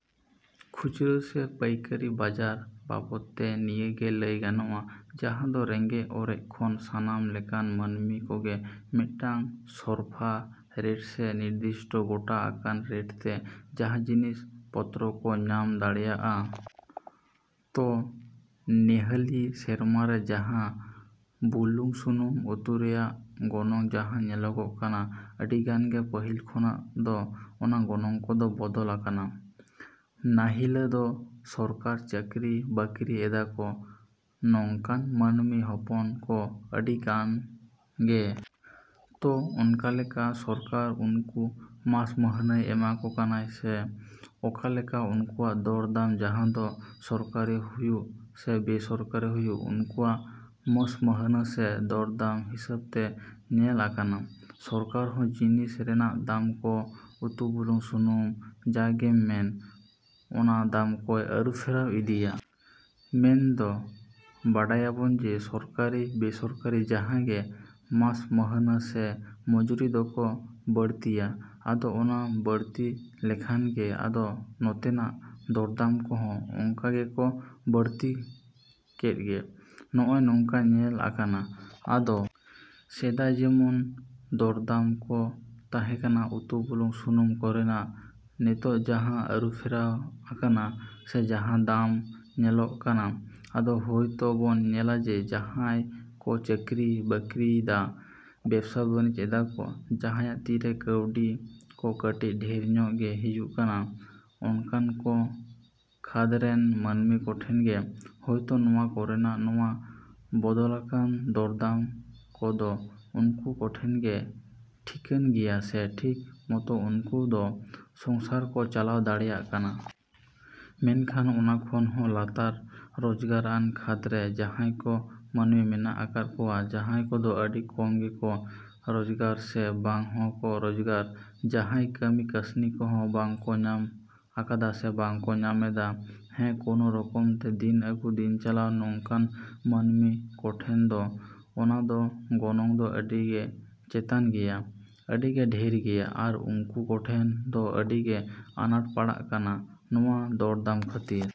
‎ᱠᱷᱩᱪᱨᱟᱹ ᱥᱮ ᱯᱟᱹᱭᱠᱟᱹᱨᱤ ᱵᱟᱡᱟᱨ ᱵᱟᱵᱚᱫᱽ ᱛᱮ ᱱᱤᱭᱟᱹ ᱜᱮ ᱞᱟᱹᱭ ᱜᱟᱱᱚᱜᱼᱟ ᱡᱟᱦᱟᱸ ᱫᱚ ᱨᱮᱸᱜᱮᱡ ᱚᱨᱮᱡ ᱠᱷᱚᱱ ᱥᱟᱱᱟᱢ ᱞᱮᱠᱟᱱ ᱢᱟᱹᱱᱢᱤ ᱠᱚᱜᱮ ᱢᱤᱫᱴᱟᱝ ᱥᱚᱨᱯᱷᱟ ᱨᱮᱴ ᱥᱮ ᱱᱤᱨᱫᱤᱥᱴᱚ ᱜᱚᱴᱟ ᱟᱠᱟᱱ ᱨᱮᱴ ᱛᱮ ᱡᱟᱦᱟᱸ ᱡᱤᱱᱤᱥ ᱯᱚᱛᱨᱚ ᱠᱚ ᱧᱟᱢ ᱫᱟᱲᱮᱭᱟᱜᱼᱟ᱾ ᱛᱚ ᱱᱮᱦᱟᱹᱞᱤ ᱥᱮᱨᱢᱟ ᱨᱮ ᱡᱟᱦᱟᱸ ᱵᱩᱞᱩᱝ ᱥᱩᱱᱩᱢ ᱩᱛᱩ ᱨᱮᱭᱟᱜ ᱜᱚᱱᱚᱝ ᱡᱟᱦᱟᱸ ᱧᱮᱞᱚᱜᱚᱜ ᱠᱟᱱᱟ ᱟᱹᱰᱤ ᱜᱟᱱ ᱜᱮ ᱯᱟᱹᱦᱤᱞ ᱠᱷᱚᱱᱟᱜ ᱫᱚ ᱚᱱᱟ ᱜᱚᱱᱚᱝ ᱠᱚᱫᱚ ᱵᱚᱫᱚᱞ ᱟᱠᱟᱱᱟ᱾ ᱱᱮᱦᱟᱹᱞᱤ ᱫᱚ ᱥᱚᱨᱠᱟᱨ ᱪᱟᱠᱨᱤ ᱵᱟᱠᱨᱤ ᱮᱫᱟᱠᱚ ᱱᱚᱝᱠᱟᱱ ᱢᱟᱹᱱᱢᱤ ᱦᱚᱯᱚᱱ ᱠᱚ ᱟᱹᱰᱤ ᱜᱟᱱ ᱜᱮ᱾ ᱛᱚ ᱚᱠᱟ ᱞᱮᱠᱟ ᱥᱚᱨᱠᱟᱨ ᱩᱱᱠᱩ ᱢᱟᱥ ᱢᱟᱹᱦᱱᱟᱹᱭ ᱮᱢᱟ ᱠᱚ ᱠᱟᱱᱟᱭ ᱥᱮ ᱚᱠᱟ ᱞᱮᱠᱟ ᱩᱱᱠᱩᱣᱟᱜ ᱫᱚᱨ ᱫᱟᱢ ᱡᱟᱦᱟᱸ ᱫᱚ ᱥᱚᱨᱠᱟᱨᱤ ᱦᱩᱭᱩᱜ ᱥᱮ ᱵᱮᱼᱥᱚᱨᱠᱟᱨᱤ ᱦᱩᱭᱩᱜ ᱩᱱᱠᱩᱣᱟᱜ ᱢᱟᱹᱥ ᱢᱟᱹᱦᱱᱟᱹ ᱥᱮ ᱫᱚᱨ ᱫᱟᱢ ᱦᱤᱸᱥᱟᱹᱵ ᱛᱮ ᱧᱮᱞ ᱟᱠᱟᱱᱟ ᱥᱚᱨᱠᱟᱨ ᱦᱚᱸ ᱡᱤᱱᱤᱥ ᱨᱮᱱᱟᱜ ᱫᱟᱢ ᱠᱚ ᱩᱛᱩ ᱵᱩᱞᱩᱝ ᱥᱩᱱᱩᱢ ᱡᱟ ᱜᱮᱢ ᱢᱮᱱ ᱚᱱᱟ ᱫᱟᱢ ᱠᱚᱭ ᱟᱹᱨᱩ ᱯᱷᱮᱨᱟᱣ ᱤᱫᱤᱭᱟ᱾ ᱢᱮᱱ ᱫᱚ ᱵᱟᱰᱟᱭᱟᱵᱚᱱ ᱡᱮ ᱥᱚᱨᱠᱟᱨᱤ ᱵᱮᱼᱥᱚᱨᱠᱟᱨᱤ ᱡᱟᱦᱟᱸ ᱜᱮ ᱢᱟᱥ ᱢᱟᱹᱦᱱᱟᱹ ᱥᱮ ᱢᱚᱡᱩᱨᱤ ᱫᱚᱠᱚ ᱵᱟᱹᱲᱛᱤᱭᱟ᱾ ᱟᱫᱚ ᱚᱱᱟ ᱵᱟᱹᱲᱛᱤ ᱞᱮᱠᱷᱟᱱ ᱜᱮ ᱟᱫᱚ ᱱᱚᱛᱮᱱᱟᱜ ᱫᱚᱨᱫᱟᱢ ᱠᱚᱦᱚᱸ ᱚᱝᱠᱟ ᱜᱮᱠᱚ ᱵᱟᱹᱲᱛᱤ ᱠᱮᱫ ᱜᱮ᱾ ᱱᱚᱜᱼᱚ ᱱᱚᱝᱠᱟ ᱧᱮᱞ ᱟᱠᱟᱱᱟ᱾ ᱟᱫᱚ ᱥᱮᱫᱟᱭ ᱡᱮᱢᱚᱱ ᱫᱚᱨᱫᱟᱢ ᱠᱚ ᱛᱟᱦᱮᱸ ᱠᱟᱱᱟ ᱩᱛᱩ ᱵᱩᱞᱩᱝ ᱥᱩᱱᱩᱢ ᱠᱚᱨᱮᱱᱟᱜ ᱱᱤᱛᱳᱜ ᱡᱟᱦᱟᱸ ᱟᱹᱨᱩᱯᱷᱮᱨᱟᱣ ᱟᱠᱟᱱᱟ ᱥᱮ ᱡᱟᱦᱟᱸ ᱫᱟᱢ ᱧᱮᱞᱚᱜ ᱠᱟᱱᱟ ᱟᱫᱚ ᱦᱳᱭ ᱛᱚ ᱵᱚᱱ ᱧᱮᱞᱟ ᱡᱮ ᱡᱟᱦᱟᱸᱭ ᱠᱚ ᱪᱟᱠᱨᱤ ᱵᱟᱠᱨᱤᱭ ᱫᱟ ᱵᱮᱵᱥᱟ ᱵᱟᱱᱤᱡᱽ ᱮᱫᱟᱠᱚ ᱡᱟᱦᱟᱸᱭᱟᱜ ᱛᱤᱨᱮ ᱠᱟᱹᱣᱰᱤ ᱠᱚ ᱠᱟᱹᱴᱤᱡ ᱰᱷᱮᱨ ᱧᱚᱜ ᱜᱮ ᱦᱤᱡᱩᱜ ᱠᱟᱱᱟ ᱚᱱᱠᱟᱱ ᱠᱚ ᱠᱷᱟᱹᱫᱽ ᱨᱮᱱ ᱢᱟᱹᱱᱢᱤ ᱠᱚᱴᱷᱮᱱ ᱜᱮ ᱦᱳᱭᱛᱚ ᱱᱚᱣᱟ ᱠᱚᱨᱮᱱᱟᱜ ᱱᱚᱣᱟ ᱵᱚᱫᱚᱞᱟᱠᱟᱱ ᱫᱚᱨᱫᱟᱢ ᱠᱚ ᱫᱚ ᱩᱱᱠᱩ ᱠᱚᱴᱷᱮᱱ ᱜᱮ ᱴᱷᱤᱠᱟᱹᱱ ᱜᱮᱭᱟ ᱥᱮ ᱴᱷᱤᱠ ᱢᱚᱛᱚ ᱩᱱᱠᱩ ᱫᱚ ᱥᱚᱝᱥᱟᱨ ᱠᱚ ᱪᱟᱞᱟᱣ ᱫᱟᱲᱮᱭᱟᱜ ᱠᱟᱱᱟ᱾ ᱢᱮᱱᱠᱷᱟᱱ ᱚᱱᱟ ᱠᱷᱚᱱ ᱦᱚᱸ ᱞᱟᱛᱟᱨ ᱨᱚᱡᱽᱜᱟᱨ ᱟᱱ ᱠᱷᱟᱹᱫᱽ ᱨᱮ ᱡᱟᱦᱟᱸᱭ ᱠᱚ ᱢᱟᱹᱱᱢᱤ ᱢᱮᱱᱟᱜ ᱟᱠᱟᱫ ᱠᱚᱣᱟ ᱡᱟᱦᱟᱸᱭ ᱠᱚᱫᱚ ᱟᱹᱰᱤ ᱠᱚᱢ ᱜᱮᱠᱚ ᱨᱚᱡᱽᱜᱟᱨᱟ ᱥᱮ ᱵᱟᱝ ᱦᱚᱸ ᱠᱚ ᱨᱚᱡᱽᱜᱟᱨᱟ ᱡᱟᱦᱟᱸᱭ ᱠᱟᱹᱢᱤ ᱠᱟᱥᱱᱤ ᱠᱚᱦᱚᱸ ᱵᱟᱝ ᱠᱚ ᱧᱟᱢ ᱟᱠᱟᱫᱟ ᱥᱮ ᱵᱟᱝ ᱠᱚ ᱧᱟᱢ ᱮᱫᱟ ᱦᱮᱸ ᱠᱳᱱᱳ ᱨᱚᱠᱚᱢ ᱛᱮ ᱫᱤᱱ ᱟᱜᱩ ᱫᱤᱱ ᱪᱟᱞᱟᱣ ᱱᱚᱝᱠᱟᱱ ᱢᱟᱹᱱᱢᱤ ᱠᱚᱴᱷᱮᱱ ᱫᱚ ᱚᱱᱟ ᱠᱚ ᱜᱚᱱᱚᱝ ᱫᱚ ᱟᱹᱰᱤᱜᱮ ᱪᱮᱛᱟᱱ ᱜᱮᱭᱟ ᱟᱹᱰᱤᱜᱮ ᱰᱷᱮᱨ ᱜᱮᱭᱟ ᱟᱨ ᱩᱝᱠᱩ ᱠᱚᱴᱷᱮᱱ ᱫᱚ ᱟᱹᱰᱤ ᱜᱮ ᱟᱱᱟᱴ ᱯᱟᱲᱟᱜ ᱠᱟᱱᱟ ᱱᱚᱣᱟ ᱫᱚᱨᱫᱟᱢ ᱠᱷᱟᱹᱛᱤᱨ᱾